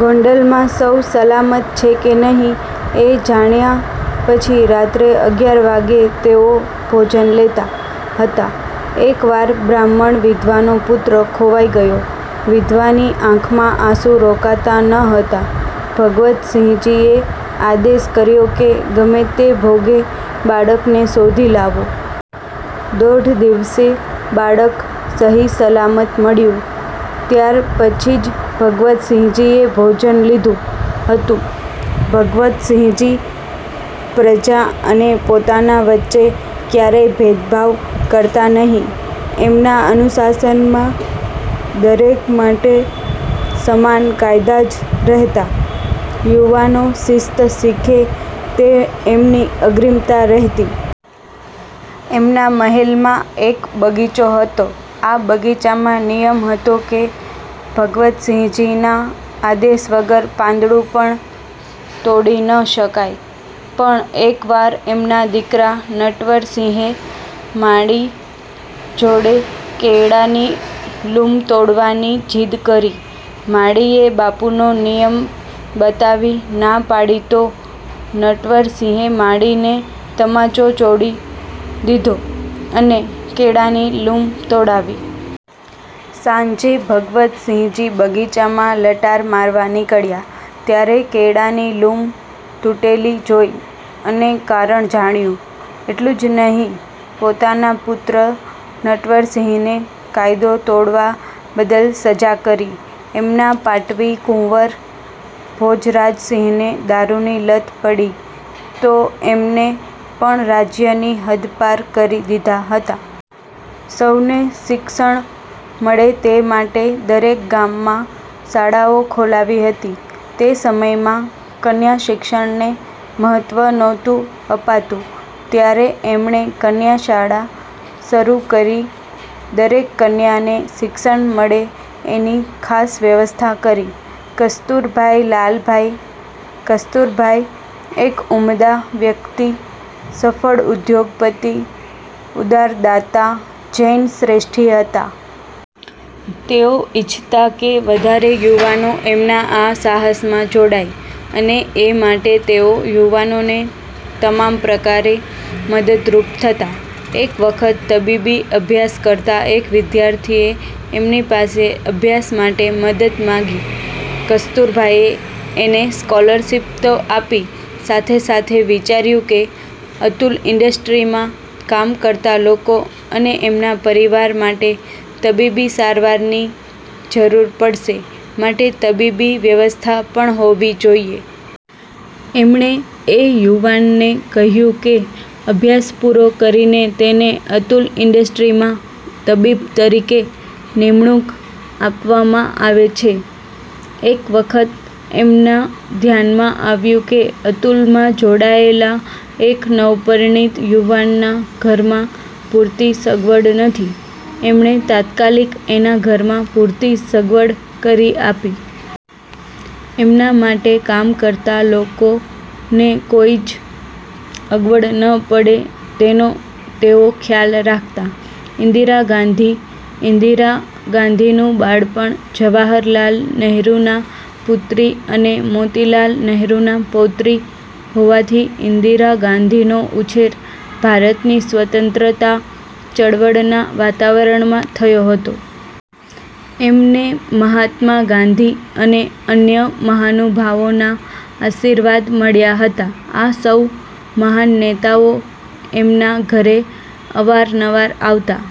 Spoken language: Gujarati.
ગોંડલમાં સૌ સલામત છે કે નહીં એ જાણ્યા પછી રાત્રે અગિયાર વાગ્યે તેઓ ભોજન લેતા હતા. એક વાર એક બ્રાહ્મણ વિધવાનો પુત્ર ખોવાઇ ગયો. વિધવાની આંખમાં આંસુ રોકાતા ન હતાં. ભગવતસિંહજીએ આદેશ કર્યો કે, ગમે તે ભોગે બાળકને શોધી લાવો. દોઢ દિવસે બાળક સહી સલામત મળ્યું ત્યાર પછી જ ભગવતસિંહજીએ ભોજન લીધું હતું. ભગવતસિંહજી પ્રજા અને પોતાના વચ્ચે ક્યારેય ભેદભાવ કરતા નહીં. એમના અનુશાસનમાં દરેક માટે સમાન કાયદા જ રહેતા. યુવાનો શિસ્ત શીખે તે એમની અગ્રીમતા રહેતી. એમના મહેલમાં એક બગીચો હતો. આ બગીચામાં નિયમ હતો કે, ભગવતસિંહજીના આદેશ વગર પાંદડું પણ તોડી ન શકાય. પણ એકવાર એમના દીકરા નટવરસિંહે માળી જોડે કેળાની લૂમ તોડવાની જીદ કરી. માળીએ બાપુનો નિયમ બતાવી ના પાડી તો નટવરસિંહે માળીને તમાચો ચોડી દીધો અને કેળાની લૂમ તોડાવી. સાંજે ભગવતસિંહજી બગીચામાં લટાર મારવા નીકળ્યા ત્યારે કેળાની લૂમ તૂટેલી જોઇ અને કારણ જાણ્યું. એટલું જ નહીં, પોતાના પુત્ર નટવરસિંહને કાયદો તોડવા બદલ સજા કરી. એમના પાટવી કુંવર ભોજરાજસિંહને દારૂની લત પડી તો એમને પણ રાજ્યની હદપાર કરી દીધા હતા. સૌને શિક્ષણ મળે તે માટે દરેક ગામમાં શાળાઓ ખોલાવી હતી. તે સમયમાં કન્યાશિક્ષણને મહત્વ નહોતું અપાતું ત્યારે એમણે કન્યાશાળા શરુ કરી દરેક કન્યાને શિક્ષણ મળે એની ખાસ વ્યવસ્થા કરી. કસ્તુરભાઈ લાલભાઇ કસ્તુરભાઈ એક ઉમદા વ્યક્તિ, સફળ ઉદ્યોગપતિ, ઉદાર દાતા, જૈન શ્રેષ્ઠી હતા. તેઓ ઇચ્છતા કે વધારે યુવાનો એમના આ સાહસમાં જોડાય અને એ માટે તેઓ યુવાનોને તમામ પ્રકારે મદદરુપ થતા. એક વખત તબીબી અભ્યાસ કરતા એક વિદ્યાર્થીએ એમની પાસે અભ્યાસ માટે મદદ માંગી. કસ્તુરભાઈએ એને સ્કોલરશીપ તો આપી સાથે સાથે વિચાર્યું કે અતુલ ઇન્ડસ્ટ્રીમાં કામ કરતા લોકો અને એમના પરિવાર માટે તબીબી સારવારની જરુર પડશે માટે તબીબી વ્યવસ્થા પણ હોવી જોઈએ. એમણે એ યુવાનને કહ્યું કે અભ્યાસ પૂરો કરીને તેને અતુલ ઇન્ડસ્ટ્રીમાં તબીબ તરીકે નિમણુંક આપવામાં આવે છે! એક વખત એમના ધ્યાનમાં આવ્યું કે અતુલમાં જોડાયેલા એક નવપરિણીત યુવાનના ઘરમાં પૂરતી સગવડ નથી. એમણે તાત્કાલિક એના ઘરમાં પૂરતી સગવડ કરી આપી. એમના માટે કામ કરતા લોકોને કોઈ જ અગવડ ન પડે તેનો તેઓ ખ્યાલ રાખતા. ઇન્દિરા ગાંધી ઇન્દિરા ગાંધીનું બાળપણ જવાહરલાલ નહેરુના પુત્રી અને મોતીલાલ નહેરુના પૌત્રી હોવાથી ઇન્દિરા ગાંધીનો ઉછેર ભારતની સ્વતંત્રતા ચળવળના વાતાવરણમાં થયો હતો. એમને મહાત્મા ગાંધી અને અન્ય મહાનુભાવોના આશીર્વાદ મળ્યા હતા. આ સૌ મહાન નેતાઓ એમના ઘરે અવારનવાર આવતા.